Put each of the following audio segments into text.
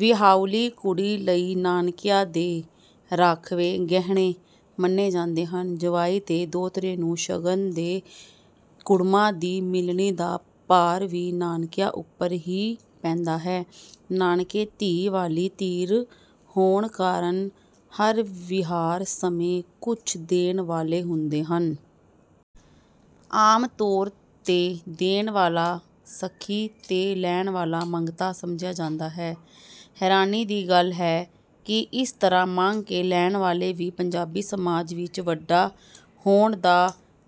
ਵਿਆਹੁਲੀ ਕੁੜੀ ਲਈ ਨਾਨਕਿਆਂ ਦੇ ਰਾਂਖਵੇਂ ਗਹਿਣੇ ਮੰਨੇ ਜਾਂਦੇ ਹਨ। ਜਵਾਈ ਤੇ ਦੋਹਤਰੇ ਨੂੰ ਸ਼ਗਨ ਤੇ ਕੁੜਮਾ ਦੀ ਮਿਲਣੀ ਦਾ ਭਾਰ ਵੀ ਨਾਨਕਿਆਂ ਉੱਪਰ ਹੀ ਪੈਂਦਾ ਹੈ। ਨਾਨਕੇ ਧੀ ਵਾਲੀ ਧਿਰ ਹੋਣ ਕਾਰਨ ਹਰ ਵਿਹਾਰ ਸਮੇਂ ਕੁਝ ਦੇਣ ਵਾਲੇ ਹੁੰਦੇ ਹਨ। ਆਮ ਤੌਰ ਤੇ ਦੇਣ ਵਾਲਾ ਸਖੀ ਤੇ ਲੈਣ ਵਾਲਾ ਮੰਗਤਾ ਸਮਝਿਆ ਜਾਂਦਾ ਹੈ। ਹੈਰਾਨੀ ਦੀ ਗੱਲ ਹੈ ਕਿ ਇਸ ਤਰ੍ਹਾਂ ਮੰਗ ਕੇ ਲੈਣ ਵਾਲੇ ਵੀ ਪੰਜਾਬੀ ਸਮਾਜ ਵਿਚ ਵੱਡਾ ਹੋਣ ਦਾ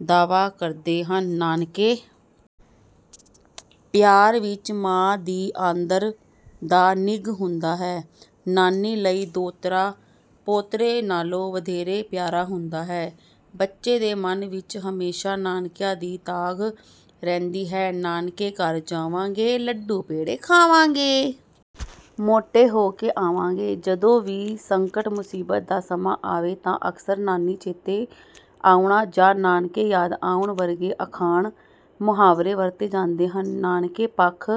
ਦਾਅਵਾ ਕਰਦੇ ਹਨ। ਨਾਨਕੇ ਪਿਆਰ ਵਿਚ ਮਾਂ ਦੀ ਆਂਦਰ ਦਾ ਨਿੱਘ ਹੁੰਦਾ ਹੈ। ਨਾਨੀ ਲਈ ਦੋਹਤਰਾ ਪੋਤਰੇ ਨਾਲੋਂ ਵਧੇਰੇ ਪਿਆਰਾ ਹੁੰਦਾ ਹੈ। ਬੱਚੇ ਦੇ ਮਨ ਵਿਚ ਹਮੇਸ਼ਾ ਨਾਨਕਿਆਂ ਦੀ ਤਾਂਘ ਰਹਿੰਦੀ ਹੈ:"ਨਾਨਕੇ ਘਰ ਜਾਵਾਂਗੇ। ਲੱਡੂ ਪੇੜੇ ਖਾਵਾਂਗੇ। ਮੋਟੇ ਹੋ ਕੇ ਆਵਾਂਗੇ।"ਜਦੋਂ ਵੀ ਸੰਕਟ-ਮੁਸੀਬਤ ਦਾ ਸਮਾਂ ਆਵੇ ਤਾਂ ਅਕਸਰ 'ਨਾਨੀ ਚੇਤੇ ਆਉਣਾ' ਜਾਂ 'ਨਾਨਕੇ ਯਾਦ ਆਉਣ' ਵਰਗੇ ਅਖਾਣ-ਮੁਹਾਵਰੇ ਵਰਤੇ ਜਾਂਦੇ ਹਨ। ਨਾਨਕੇ ਪੱਖ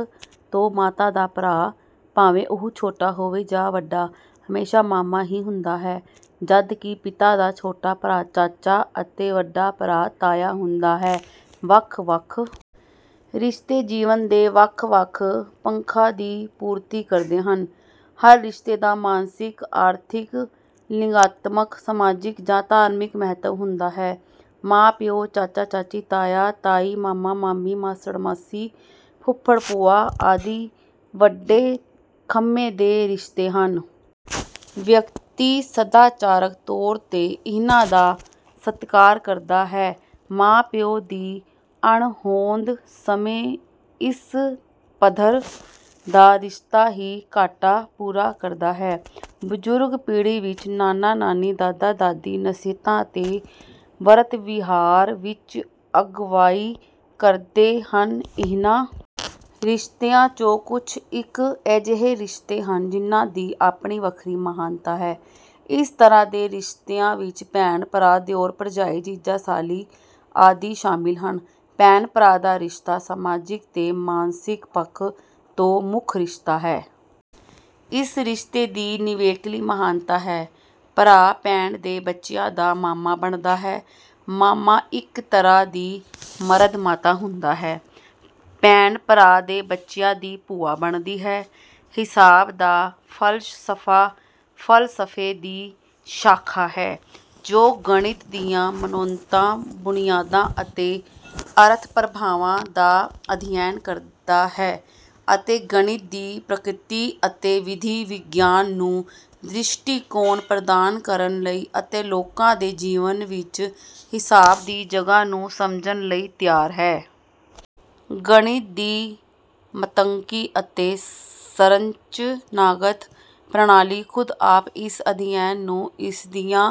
ਤੋਂ ਮਾਤਾ ਦਾ ਭਰਾ, ਭਾਵੇਂ ਉਹ ਛੋਟਾ ਹੋਵੇ ਜਾਂ ਵੱਡਾ, ਹਮੇਸ਼ਾ ਮਾਮਾ ਹੀ ਹੁੰਦਾ ਹੈ; ਜਦਕਿ ਪਿਤਾ ਦਾ ਛੋਟਾ ਭਰਾ ਚਾਚਾ ਅਤੇ ਵੱਡਾ ਭਰਾ ਤਾਇਆ ਹੁੰਦਾ ਹੈ। ਵੱਖ-ਵੱਖ ਰਿਸ਼ਤੇ ਜੀਵਨ ਦੇ ਵੱਖ-ਵੱਖ ਪੱਖਾਂ ਦੀ ਪੂਰਤੀ ਕਰਦੇ ਹਨ। ਹਰ ਰਿਸ਼ਤੇ ਦਾ ਮਾਨਸਿਕ, ਆਰਥਿਕ, ਲਿੰਗਾਤਮਕ, ਸਮਾਜਿਕ ਜਾਂ ਧਾਰਮਿਕ ਮਹੱਤਵ ਹੁੰਦਾ ਹੈ। ਮਾਂ-ਪਿਓ, ਚਾਚਾ-ਚਾਚੀ, ਤਾਇਆ-ਤਾਈ, ਮਾਮਾ-ਮਾਮੀ, ਮਾਸੜ-ਮਾਸੀ, ਫੁੱਫੜ-ਭੂਆ ਆਦਿ ਵੱਡੇ ਥੰਮ੍ਹੇ ਦੇ ਰਿਸ਼ਤੇ ਹਨ। ਵਿਅਕਤੀ ਸਦਾਚਾਰਕ ਤੌਰ ਤੇ ਇਹਨਾਂ ਦਾ ਸਤਿਕਾਰ ਕਰਦਾ ਹੈ। ਮਾਂ-ਪਿਓ ਦੀ ਅਣਹੋਂਦ ਸਮੇਂ ਇਸ ਪੱਧਰ ਦਾ ਰਿਸ਼ਤਾ ਹੀ ਘਾਟਾ ਪੂਰਾ ਕਰਦਾ ਹੈ। ਬਜ਼ੁਰਗ ਪੀੜ੍ਹੀ ਵਿਚ ਨਾਨਾ-ਨਾਨੀ, ਦਾਦਾ-ਦਾਦੀ ਨਸੀਹਤਾਂ ਤੇ ਵਰਤ-ਵਿਹਾਰ ਵਿਚ ਅਗਵਾਈ ਕਰਦੇ ਹਨ। ਇਹਨਾਂ ਰਿਸ਼ਤਿਆਂ 'ਚੋਂ ਕੁਝ ਇਕ ਅਜਿਹੇ ਰਿਸ਼ਤੇ ਹਨ ਜਿਨ੍ਹਾਂ ਦੀ ਆਪਣੀ ਵੱਖਰੀ ਮਹਾਨਤਾ ਹੈ। ਇਸ ਤਰ੍ਹਾਂ ਦੇ ਰਿਸ਼ਤਿਆਂ ਵਿਚ ਭੈਣ-ਭਰਾ, ਦਿਓਰ-ਭਰਜਾਈ, ਜੀਜਾ-ਸਾਲੀ ਆਦਿ ਸ਼ਾਮਿਲ ਹਨ। ਭੈਣ-ਭਰਾ ਦਾ ਰਿਸ਼ਤਾ ਸਮਾਜਿਕ ਤੇ ਮਾਨਸਿਕ ਪੱਖ ਤੋਂ ਮੁੱਖ ਰਿਸ਼ਤਾ ਹੈ। ਇਸ ਰਿਸ਼ਤੇ ਦੀ ਨਿਵੇਕਲੀ ਮਹਾਨਤਾ ਹੈ। ਭਰਾ ਭੈਣ ਦੇ ਬੱਚਿਆਂ ਦਾ ਮਾਮਾ ਬਣਦਾ ਹੈ ਮਾਮਾ ਇਕ ਤਰ੍ਹਾਂ ਦੀ 'ਮਰਦ ਮਾਤਾ' ਹੁੰਦਾ ਹੈ। ਭੈਣ ਭਰਾ ਦੇ ਬੱਚਿਆਂ ਦੀ ਭੂਆ ਬਣਦੀ ਹੈ। ਹਿਸਾਬ ਦਾ ਫ਼ਲਸਫ਼ਾ, ਫ਼ਲਸਫ਼ੇ ਦੀ ਸ਼ਾਖਾ ਹੈ ਜੋ ਗਣਿਤ ਦੀਆਂ ਮਨੌਤਾਂ, ਬੁਨਿਆਦਾਂ ਅਤੇ ਅਰਥ-ਪ੍ਰਭਾਵਾਂ ਦਾ ਅਧਿਐਨ ਕਰਦਾ ਹੈ ਅਤੇ ਗਣਿਤ ਦੀ ਪ੍ਰਕ੍ਰਿਤੀ ਅਤੇ ਵਿਧੀ-ਵਿਗਿਆਨ ਨੂੰ ਦ੍ਰਿਸ਼ਟੀਕੋਣ ਪ੍ਰਦਾਨ ਕਰਨ ਲਈ ਅਤੇ ਲੋਕਾਂ ਦੇ ਜੀਵਨ ਵਿੱਚ ਹਿਸਾਬ ਦੀ ਜਗ੍ਹਾ ਨੂੰ ਸਮਝਣ ਲਈ ਤਿਆਰ ਹੈ। ਗਣਿਤ ਦੀ ਮੰਤਕੀ ਅਤੇ ਸੰਰਚਨਾਗਤ ਪ੍ਰਣਾਲੀ ਖ਼ੁਦ ਆਪ ਇਸ ਅਧਿਐਨ ਨੂੰ ਇਸਦੀਆਂ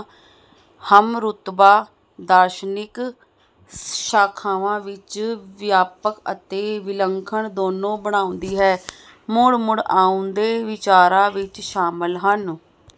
ਹਮਰੁਤਬਾ ਦਾਰਸ਼ਨਿਕ ਸ਼ਾਖਾਵਾਂ ਵਿਚ ਵਿਆਪਕ ਅਤੇ ਵਿਲੱਖਣ ਦੋਨੋਂ ਬਣਾਉਂਦੀ ਹੈ। ਮੁੜ-ਮੁੜ ਆਉਂਦੇ ਵਿਚਾਰਾਂ ਵਿੱਚ ਸ਼ਾਮਲ ਹਨ:...